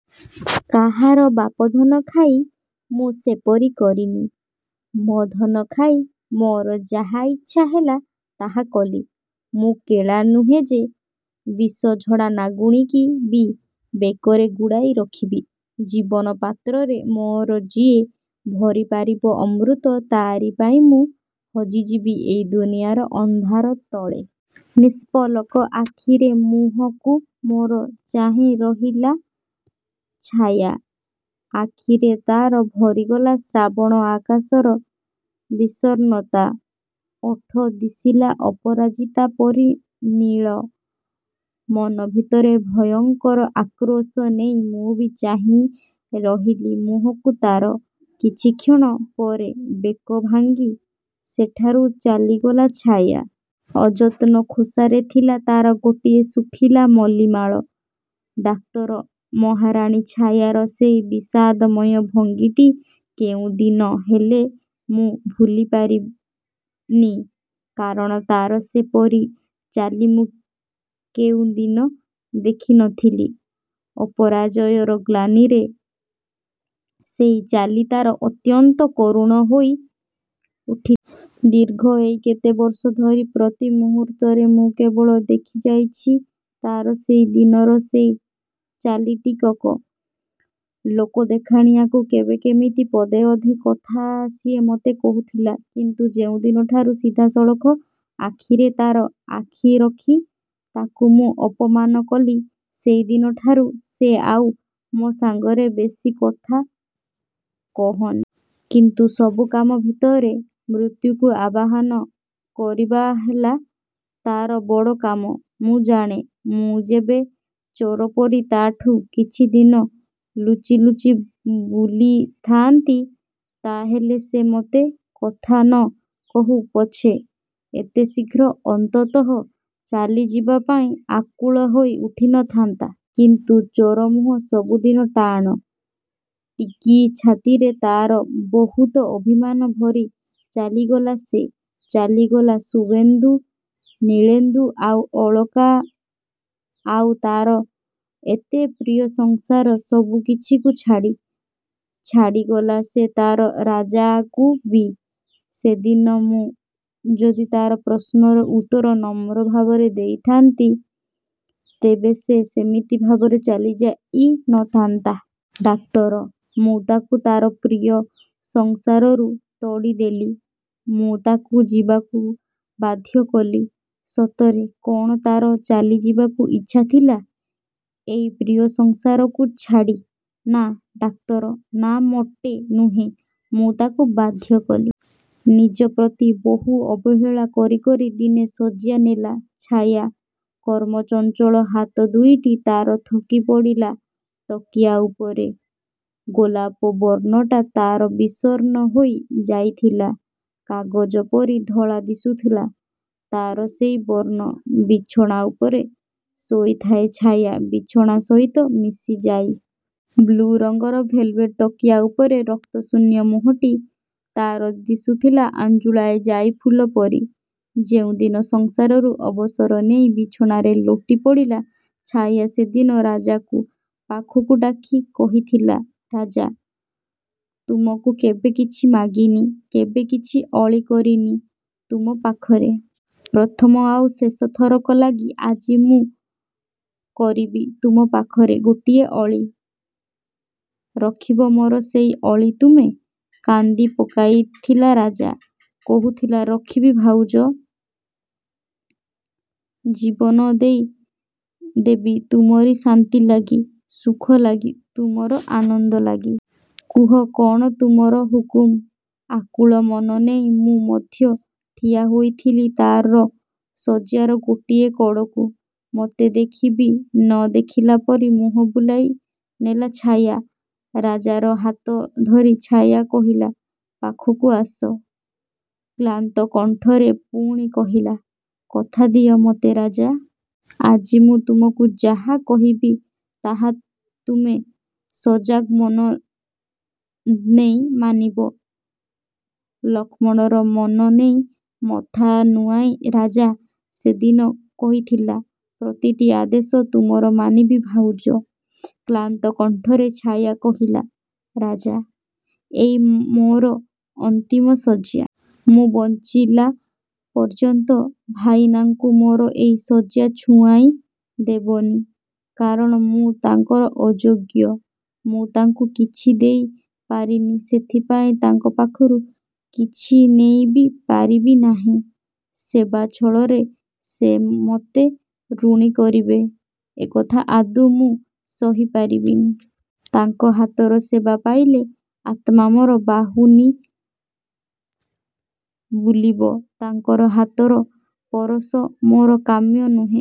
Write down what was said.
କାହାର ବାପଧନ ଖାଇ ମୁଁ ସେପରି କରିନି। ମୋ ଧନ ଖାଇ ମୋର ଯାହା ଇଚ୍ଛା ହେଲା ତାହା କଲି। ମୁଁ କେଳା ନୁହେଁ ଯେ, ବିଷଝଡ଼ା ନାଗୁଣୀକି ବି ବେକରେ ଗୁଡ଼ାଇ ରଖିବି। ଜୀବନ ପାତ୍ରରେ ମୋର ଯିଏ ଭରି ପାରିବ ଅମୃତ, ତା'ରି ପାଇଁ ମୁଁ ହଜିଯିବି ଏଇ ଦୁନିଆର ଅନ୍ଧାର ତଳେ। ନିଷ୍ପଲକ ଆଖିରେ ମୁହଁକୁ ମୋର ଚାହିଁ ରହିଲା ଛାୟା। ଆଖିରେ ତା'ର ଭରିଗଲା ଶ୍ରାବଣ ଆକାଶର ବିଷନ୍ନତା। ଓଠ ଦିଶିଲା ଅପରାଜିତା ପରି ନୀଳ। ମନ ଭିତରେ ଭୟଙ୍କର ଆକ୍ରୋଶ ନେଇ ମୁଁ ବି ଚାହିଁ ରହିଲି ମୁହଁକୁ ତା'ର। କିଛି କ୍ଷଣ ପରେ ବେକ ଭାଙ୍ଗି ସେଠାରୁ ଚାଲିଗଲା ଛାୟା। ଅଯତ୍ନ ଖୋସାରେ ଥିଲା ତା'ର ଗୋଟିଏ ଶୁଖିଲା ମଲ୍ଲୀ ମାଳ। ଡାକ୍ତର, ମହାରାଣୀ ଛାୟାର ସେଇ ବିଷାଦମୟ ଭଙ୍ଗୀଟି କେଉଁଦିନ ହେଲେ ମୁଁ ଭୁଲି ପାରିନି। କାରଣ ତା'ର ସେପରି ଚାଲି ମୁଁ କେଉଁଦିନ ଦେଖି ନଥିଲି। ପରାଜୟର ଗ୍ଳାନିରେ ସେଇ ଚାଲି ତା'ର ଅତ୍ୟନ୍ତ କରୁଣ ହୋଇ ଉଠିଥିଲା। ଦୀର୍ଘ ଏଇ କେତେ ବର୍ଷ ଧରି ପ୍ରତି ମୁହୂର୍ତ୍ତରେ ମୁଁ କେବଳ ଦେଖିଯାଇଛି ତା'ର ସେଦିନର ସେଇ ଚାଲିଟିକକ। ଲୋକ ଦେଖାଣିଆକୁ କେବେ କେମିତି ପଦେ ଅଧେ କଥା ସିଏ ମତେ କହୁଥିଲା। କିନ୍ତୁ ଯେଉଁଦିନଠାରୁ ସିଧାସଳଖ ଆଖିରେ ତା'ର ଆଖି ରଖି ତାକୁ ମୁଁ ଅପମାନ କଲି, ସେଇଦିନଠାରୁ ସେ ଆଉ ମୋ ସାଙ୍ଗରେ ବେଶୀ କଥା କହିନି। କିନ୍ତୁ ସବୁ କାମ ଭିତରେ ମୃତ୍ୟୁକୁ ଆବାହନ କରିବା ହେଲା ତା'ର ବଡ଼ କାମ। ମୁଁ ଜାଣେ ମୁଁ ଯେବେ ଚୋର ପରି ତା'ଠୁ କିଛି ଦିନ ଲୁଚି ଲୁଚି ବୁଲିଥାଆନ୍ତି, ତାହାହେଲେ ସେ ମତେ କଥା ନ କହୁ ପଛେ ଏତେ ଶୀଘ୍ର ଅନ୍ତତଃ ଚାଲି ଯିବା ପାଇଁ ଆକୁଳ ହୋଇ ଉଠି ନଥାନ୍ତା। କିନ୍ତୁ ଚୋର ମୁହଁ ସବୁଦିନ ଟାଣ। ଟିକି ଛାତିରେ ତା'ର ବହୁତ ଅଭିମାନ ଭରି ଚାଲିଗଲା ସିଏ। ଚାଲିଗଲା ଶୁଭେନ୍ଦୁ, ନୀଳେନ୍ଦୁ, ଆଉ ଅଳକା ଆଉ ତା'ର ଏତେ ପ୍ରିୟ ସଂସାର ସବୁକିଛିକୁ ଛାଡ଼ି। ଛାଡ଼ିଗଲା ସିଏ ତା'ର ରାଜାକୁ ବି। ସେଦିନ ମୁଁ ଯଦି ତା' ପ୍ରଶ୍ନର ଉତ୍ତର ନମ୍ର ଭାବରେ ଦେଇଥାଆନ୍ତି ତେବେ ସେ ସେମିତି ଭାବରେ ଚାଲି ଯାଇ ନଥାଆନ୍ତା। ଡାକ୍ତର, ମୁଁ ତାକୁ ତା'ର ପ୍ରିୟ ସଂସାରରୁ ତଡ଼ି ଦେଲି। ମୁଁ ତାକୁ ଯିବାକୁ ବାଧ୍ୟ କଲି। ସତରେ କ'ଣ ତା'ର ଚାଲି ଯିବାକୁ ଇଚ୍ଛା ଥିଲା ଏଇ ପ୍ରିୟ ସଂସାରକୁ ଛାଡ଼ି! ନା ଡାକ୍ତର, ନା, ମୋଟେ ନୁହେଁ। ମୁଁ ତାକୁ ବାଧ୍ୟ କଲି। ନିଜ ପ୍ରତି ବହୁତ ଅବହେଳା କରି କରି ଦିନେ ଶଯ୍ୟା ନେଲା ଛାୟା। କର୍ମଚଞ୍ଚଳ ହାତ ଦୁଇଟି ତା'ର ଥକି ପଡ଼ିଲା ତକିଆ ଉପରେ। ଗୋଲାପୀ ବର୍ଣ୍ଣଟା ତା'ର ବିବର୍ଣ୍ଣ ହୋଇ ଯାଇଥିଲା। କାଗଜ ପରି ଧଳା ଦିଶୁଥିଲା ତା'ର ସେଇ ବର୍ଣ୍ଣ। ବିଛଣା ଉପରେ ଶୋଇଥାଏ ଛାୟା, ବିଛଣା ସହିତ ମିଶି ଯାଇ। ବ୍ଲୁ ରଙ୍ଗର ଭେଲ୍‌ଭେଟ୍ ତକିଆ ଉପରେ ରକ୍ତଶୂନ୍ୟ ମୁହଁଟି ତା'ର ଦିଶୁଥାଏ ଆଞ୍ଜୁଳାଏ ଜୁଇଫୁଲ ପରି। ଯେଉଁଦିନ ସଂସାରରୁ ଅବସର ନେଇ ବିଛଣାରେ ଲୋଟି ପଡ଼ିଲା ଛାୟା, ସେଦିନ ରାଜାକୁ ପାଖକୁ ଡାକି କହିଥିଲା ରାଜା, ତୁମକୁ କେବେ କିଛି ମାଗିନି। କେବେ କିଛି ଅଳି କରିନି ତୁମ ପାଖରେ। ପ୍ରଥମ ଆଉ ଶେଷ ଥରକ ଲାଗି ଆଜି ମୁଁ କରିବି ତୁମ ପାଖରେ ଗୋଟିଏ ଅଳି। ରଖିବ ମୋର ସେଇ ଅଳି ତୁମେ? କାନ୍ଦି ପକାଇଥିଲା ରାଜା। କହୁଥିଲା ରଖିବି ଭାଉଜ। ଜୀବନ ଦେଇ ଦେବି ତୁମରି ଶାନ୍ତି ଲାଗି, ସୁଖ ଲାଗି, ତୁମର ଆନନ୍ଦ ଲାଗି। କୁହ, କ'ଣ ତୁମର ହୁକୁମ। ଆକୁଳ ମନ ନେଇ ମୁଁ ମଧ୍ୟ ଠିଆ ହୋଇଥିଲି ତା'ର ଶଯ୍ୟାର ଗୋଟିଏ କଡ଼କୁ। ମତେ ଦେଖି ବି ନ ଦେଖିଲା ପରି ମୁହଁ ବୁଲାଇ ନେଲା ଛାୟା। ରାଜାର ହାତ ଧରି ଛାୟା କହିଲା ପାଖକୁ ଆସ। କ୍ଳାନ୍ତ କଣ୍ଠରେ ପୁଣି କହିଲା କଥା ଦିଅ ମତେ ରାଜା। ଆଜି ମୁଁ ତୁମକୁ ଯାହା କହିବି, ତାହା ତୁମେ ସଜାଗ ମନ ନେଇ ମାନିବ। ଲକ୍ଷ୍ମଣର ମନ ନେଇ ମଥା ନୁଆଁଇ ରାଜା ସେଦିନ କହିଥିଲା ପ୍ରତିଟି ଆଦେଶ ତୁମର ମାନିବି ଭାଉଜ। କ୍ଳାନ୍ତ କଣ୍ଠରେ ଛାୟା କହିଥିଲା ରାଜା! ଏଇ ମୋର ଅନ୍ତିମ ଶଯ୍ୟା। ମୁଁ ବଞ୍ଚିଥିଲା ପର୍ଯ୍ୟନ୍ତ ଭାଇନାଙ୍କୁ ମୋର ଏଇ ଶଯ୍ୟା ଛୁଆଁଇ ଦେବନି। କାରଣ ମୁଁ ତାଙ୍କର ଅଯୋଗ୍ୟ। ମୁଁ ତାଙ୍କୁ କିଛି ଦେଇ ପାରିନି ସେଥିପାଇଁ ତାଙ୍କ ପାଖରୁ କିଛି ନେଇ ବି ପାରିବି ନାହିଁ। ସେବା ଛଳରେ ସେ ମତେ ଋଣୀ କରିବେ ଏକଥା ଆଦୌ ମୁଁ ସହି ପାରିବିନି। ତାଙ୍କ ହାତର ସେବା ପାଇଲେ ଆତ୍ମା ମୋର ବାହୁନି ବୁଲିବ। ତାଙ୍କର ହାତର ପରଶ ମୋର କାମ୍ୟ ନୁହେଁ।